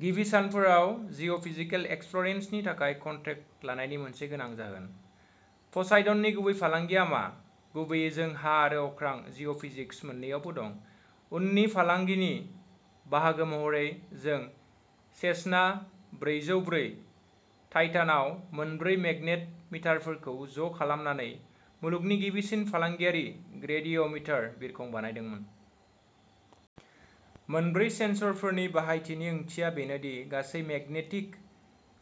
गिबि सानफोराव जिअ'फिजिकेल एक्सप्ल'रेसननि थाखाय कन्ट्रेक्ट लानायनि मोनसे गोनां जाहोन। प'साइडननि गुबै फालांगिया मा? गुबैयै जों हा आरो अख्रां जिअ' फिजिक्स मोन्नैआवबो दंमोन। उननि फालांगिनि बाहागो महरै जों सेसना ब्रैजौ ब्रै टाइटानआव मोनब्रै मेगनेट मिटारफोरखौ ज' खालामनानै मुलुगनि गिबिसिन फालांगियारि ग्रेडिय' मिटार बिरखं बानायदोंमोन। मोनब्रै सेन्स'रफोरनि बाहायनायनि ओंथिया बेनो दि गासै मेगनेटिक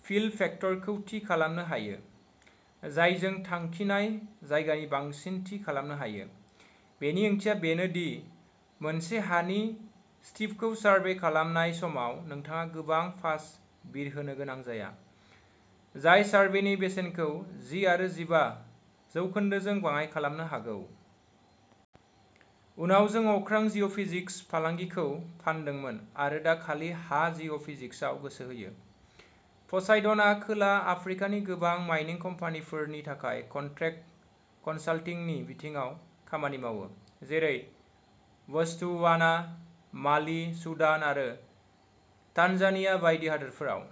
फील्ड भेक्टरखौ थि खालामनो हायो, जायजों थांखिनाय जायगानि बांसिन थि खालामनो हायो। बेनि ओंथिया बेनो दि मोनसे हानि स्ट्रिपखौ सारभे खालामनाय समाव नोंथाङा गोबां पास बिरहोनो गोनां जाया, जाय सार्भेनि बेसेनखौ जि आरो जिबा जौखोनदोजों बाङाइ खालामनो हागौ। उनाव जों अख्रां जिअ'फिजिक्स फालांगिखौ फानदोंमोन आरो दा खालि हा जिअ' फिजिक्सआव गोसो होयो। प'साइडनआ खोला आफ्रिकानि गोबां माइनिं कम्पानिफोरनि थाखाय कन्ट्रेक्ट कनसाल्टिंनि बिथायाव खामानि मावो, जेरै बत्सवाना, माली, सुदान आरो तान्जानिया बायदि हादोरफोराव।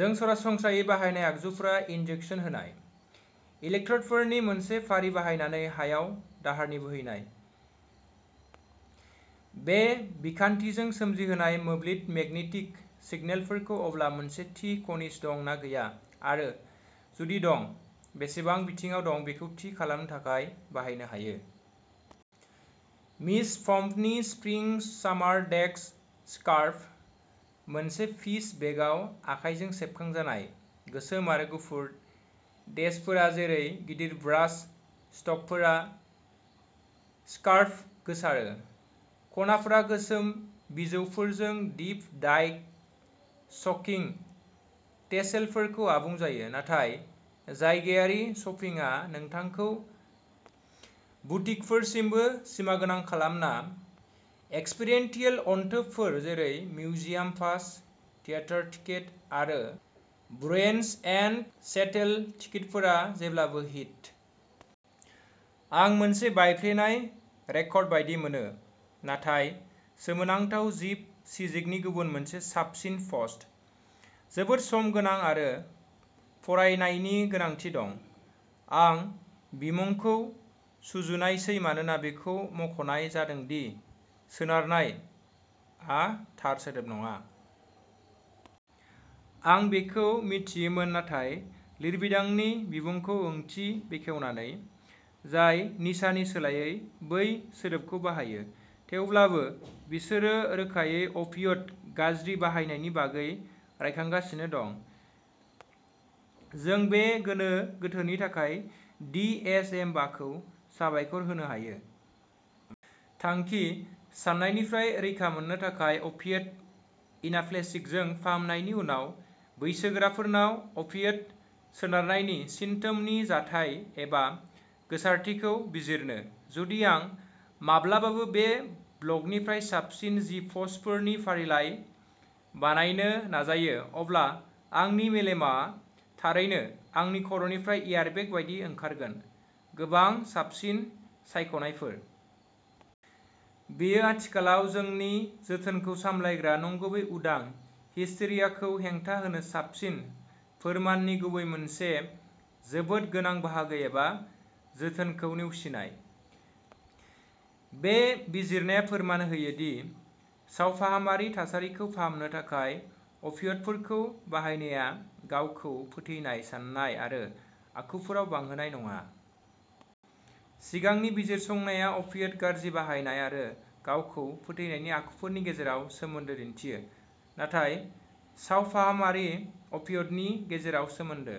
जों सरासनस्रायै बाहायनाय आगजुफोरा इन्जेक्सन होनाय। इलेक्ट्र'डफोरनि मोनसे फारि बाहायनानै हायाव दाहारनि बोहैनाय। बे बिखान्थिजों सोमजिहोजानाय मोब्लिब मेगनेटिक सिगनेलफोरखौ अब्ला मोनसे थि खनिज दं ना गैया आरो, जुदि दं, बेसेबां बिबाङाव दं बेखौ थि खालामनो थाखाय बाहायनो हायो। मिस पम्पमनि स्प्रिं सामार डेश स्कार्फ। मोनसे पीच बेसआव आखाइजों सेबखांजानाय, गोसोम आरो गुफुर डेशफोर जेरै गिदिर ब्रास स्ट्रकफोरा स्कार्फआव गोसारो। खनाफोरा गोसोम बिजौफोरजों डिप डाइड चंकी टेसेलफोरजों आबुं जायो। नाथाय जायगायारि शपिंआ नोंथांखौ बुटिकफोरसिमबो सिमागोनां खालामा एक्सपेरिएन्टियेल अनथोबफोर जेरै मिउजियाम पास, थियेटार टिकेट, आरो ब्रुइनस एन्ड सेल्टस टिकेटफोरा जेब्लाबो हिट! आं मोनसे बायफ्लेनाय रेकर्ड बायदि मोनो, नाथाय सोमोनांथाव जिप सिजिकनि गुबुन मोनसे साबसिन पस्ट। जोबोद सम गोनां आरो फरायनायनि गोनांथि दं। आं बिमुंखौ सुजुनायसै मानोना बेखौ मुंख'नाय जादों दि "सोनारनाय" आ थार सोदोब नङा। आं बेखौ मिथियोमोन नाथाय लिरबिदांनि बिमुंखौ ओंथि बेखेवनानै, जाय निसानि सोलायै बै सोदोबखौ बाहायो, थेवब्लाबो बिसोरो रोखायै अफिय'इड गाज्रि बाहायनायनि बागै रायखांगासिनो दं। जों बे गोनो गोथोनि थाखाय दि एस एम बाखौ साबायखर होनो हायो। थांखिः सानायनिफ्राय रैखा मोननो थाखाय अफिय'इड एनाल्जेसिकजों फाहामनायनि उनाव बैसोगोराफोरनाव अफिय'इड सोनारनाय सिनड्रमनि जाथाय एबा गोसारथिखौ बिजिरनो। जुदि आं माब्लाबाबो बे ब्लगनिफ्राय साबसिन जि पस्टफोरनि फारिलाइ बानायनो नाजायो, अब्ला आंनि मेलेमआ थारैनो आंनि खर'निफ्राय एयारबेग बायदि ओंखारगोनः गोबां साबसिन सायख'नायफोर। बेयो आथिखालाव जोंनि जोथोनखौ सामलायग्रा नंगुबै उदां हिस्टेरियाखौ हेंथा होनो साबसिन फोरमाननि गुबुन मोनसे जोबोद गोनां बाहागो एबा जोथोनखौ नेवसिनाय। बे बिजिरनाया फोरमान होयो दि सावफाहामारि थासारिखौ फाहामनो थाखाय अफिय'इडफोरखौ बाहायनाया गावखौ फोथैनाय साननाय आरो आखुफोराव बांहोनाय नङा। सिगांनि बिजिरसंनाया अफिय'इड गाज्रि बाहायनाय आरो गावखौ फोथैनाय आखुफोरनि गेजेराव सोमोन्दो दिन्थिदों, नाथाय सावफाहामारि अफिय'इडनि गेजेराव सोमोन्दो।